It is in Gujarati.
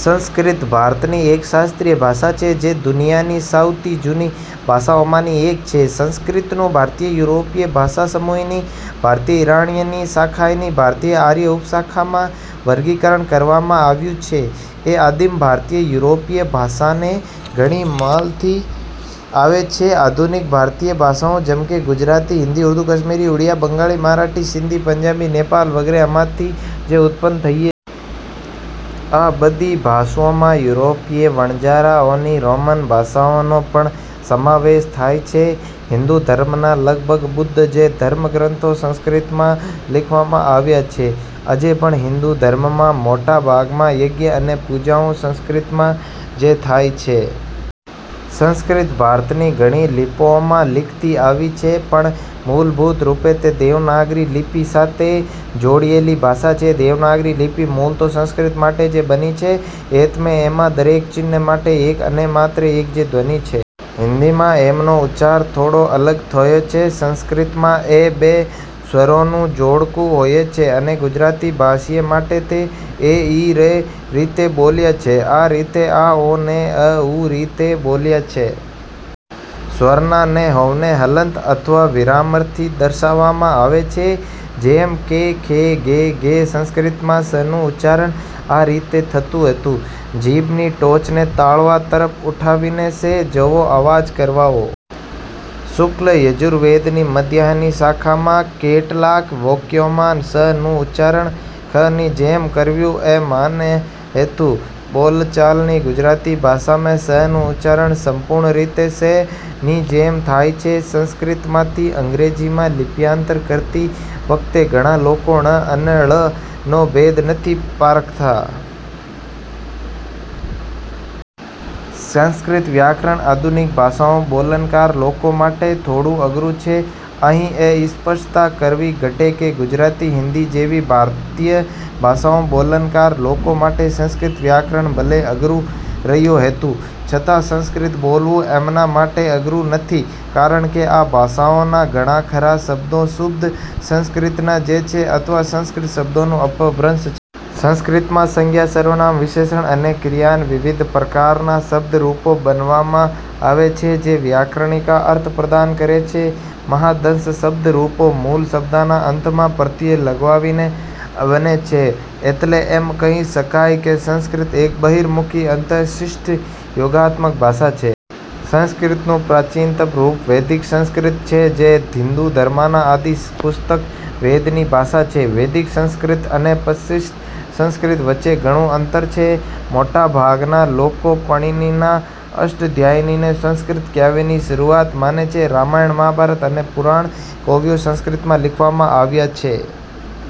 સંસ્કૃત ભારતની એક શાસ્ત્રીય ભાષા છે જે દુનિયાની સૌથી જુની ભાષાઓમાંની એક છે. સંસ્કૃતનું ભારતીય-યુરોપીય ભાષાસમૂહની ભારતીય-ઈરાણીયન શાખાની ભારતીય-આર્ય ઉપશાખામાં વર્ગીકરણ કરવામાં આવ્યું છે. એ આદિમ-ભારતીય-યુરોપીય ભાષાને ઘણી મળતી આવે છે. આધુનિક ભારતીય ભાષાઓ જેમકે ગુજરાતી, હિન્દી, ઉર્દૂ, કાશ્મીરી, ઉડિયા, બંગાળી, મરાઠી, સિંધી, પંજાબી, નેપાળી વગેરે આમાંથી જ ઉત્પન્ન થઈ છે. આ બધી ભાષાઓમાં યુરોપીય વણજારાઓ ની રોમન ભાષાનો પણ સમાવેશ થાય છે. હિન્દુ ધર્મના લગભગ બધા જ ધર્મગ્રંથો સંસ્કૃતમાં લખવામાં આવ્યા છે. આજે પણ હિન્દુ ધર્મમાં મોટાભાગના યજ્ઞ અને પૂજાઓ સંસ્કૃતમાં જ થાય છે. સંસ્કૃત ભારતની ઘણી લિપિઓમાં લખાતી આવી છે, પરંતુ મૂળભુત રૂપે તે દેવનાગરી લિપિ સાથે જોડાયેલી ભાષા છે. દેવનાગરી લિપિ મૂળ તો સંસ્કૃત માટે જ બની છે, એટલે એમાં દરેક ચિન્હ માટે એક અને માત્ર એક જ ધ્વનિ છે. હિન્દીમાં એમનો ઉચ્ચાર થોડો અલગ થાય છે. સંસ્કૃત માં "ઐ" બે સ્વરો નું જોડકું હોય છે અને ગુજરાતી ભાષીઓ માટે તે "અ-ઇ" એ રીતે બોલાય છે. આ રીતેજ "ઔ" ને "અ-ઉ" એ રીતે બોલાય છે. સ્વરના ન હોવાને હલન્ત અથવા વિરામથી દર્શાવવામાં આવે છે. જેમ કે ક્ ખ્ ગ્ ઘ્. સંસ્કૃતમાં ષ નું ઉચ્ચારણ આ રીતે થતું હતું: જીભની ટોચ ને તાળવા તરફ ઉઠાવીને શ જેવો અવાજ કરવો. શુક્લ યજુર્વેદ ની મદ્યાન્હિની શાખામાં કેટલાક વાક્યોમાં 'ષ' નું ઉચ્ચારણ 'ખ' ની જેમ કરવુ એવુ માન્ય હતું. બોલચાલની ગુજરાતી ભાષામાં 'ષ'નું ઉચ્ચારણ સંપૂર્ણ રીતે 'શ'ની જેમ થાય છે. સંસ્કૃતમાંથી અંગ્રેજીમાં લિપ્યાંતર કરતી વેળા ઘણા લોકો, ણ અને ળનો ભેદ નથી પારખતા. સંસ્કૃત વ્યાકરણ આધુનિક ભાષાઓ બોલનાર લોકો માટે થોડું અઘરૂ છે. અહીં એ સ્પષ્ટતા કરવી ઘટે કે ગુજરાતી, હીન્દી જેવી ભારતીય ભાષાઓ બોલનાર લોકો માટે સંસ્કૃત વ્યાકરણ ભલે અધરૂ રહ્યું છતાં સંસ્કૃત બોલવું એમના માટે અઘરૂં નથી કારણ કે આ ભાષાઓના ઘણાખરા શબ્દો શુદ્ધ સંસ્કૃતના જ છે અથવા સંસ્કૃત શબ્દોનાં અપભ્રંશ છે. સંસ્કૃતમાં સંજ્ઞા, સર્વનામ, વિશેષણ અને ક્રિયાના વિવિધ પ્રકારના શબ્દ-રૂપો બનાવવામાં આવે છે, જે વ્યાકરણિક અર્થ પ્રદાન કરે છે. મહદંશે શબ્દ-રૂપો મૂળશબ્દના અંતમાં પ્રત્યય લગાવીને બને છે. એટલે એમ કહી શકાય કે સંકૃત એક બહિર્મુખી-અન્ત-શ્લિષ્ટયોગાત્મક ભાષા છે. સંસ્કૃતનું પ્રાચીનતમ રૂપ વૈદિક સંસ્કૃત છે, જે હિન્દુ ધર્મના આદિ પુસ્તક વેદની ભાષા છે. વૈદિક સંસ્કૃત અને પ્રશિશ્ટ સંસ્કૃત વચ્ચે ઘણુ અંતર છે. મોટાભાગના લોકો પાણિનીના અષ્ટાધ્યાયીને સંસ્કૃત કાવ્યની શરુઆત માને છે. રામાયણ, મહાભારત અને પુરાણ કાવ્યો સંસ્કૃતમાં લખવામાં આવ્યા છે.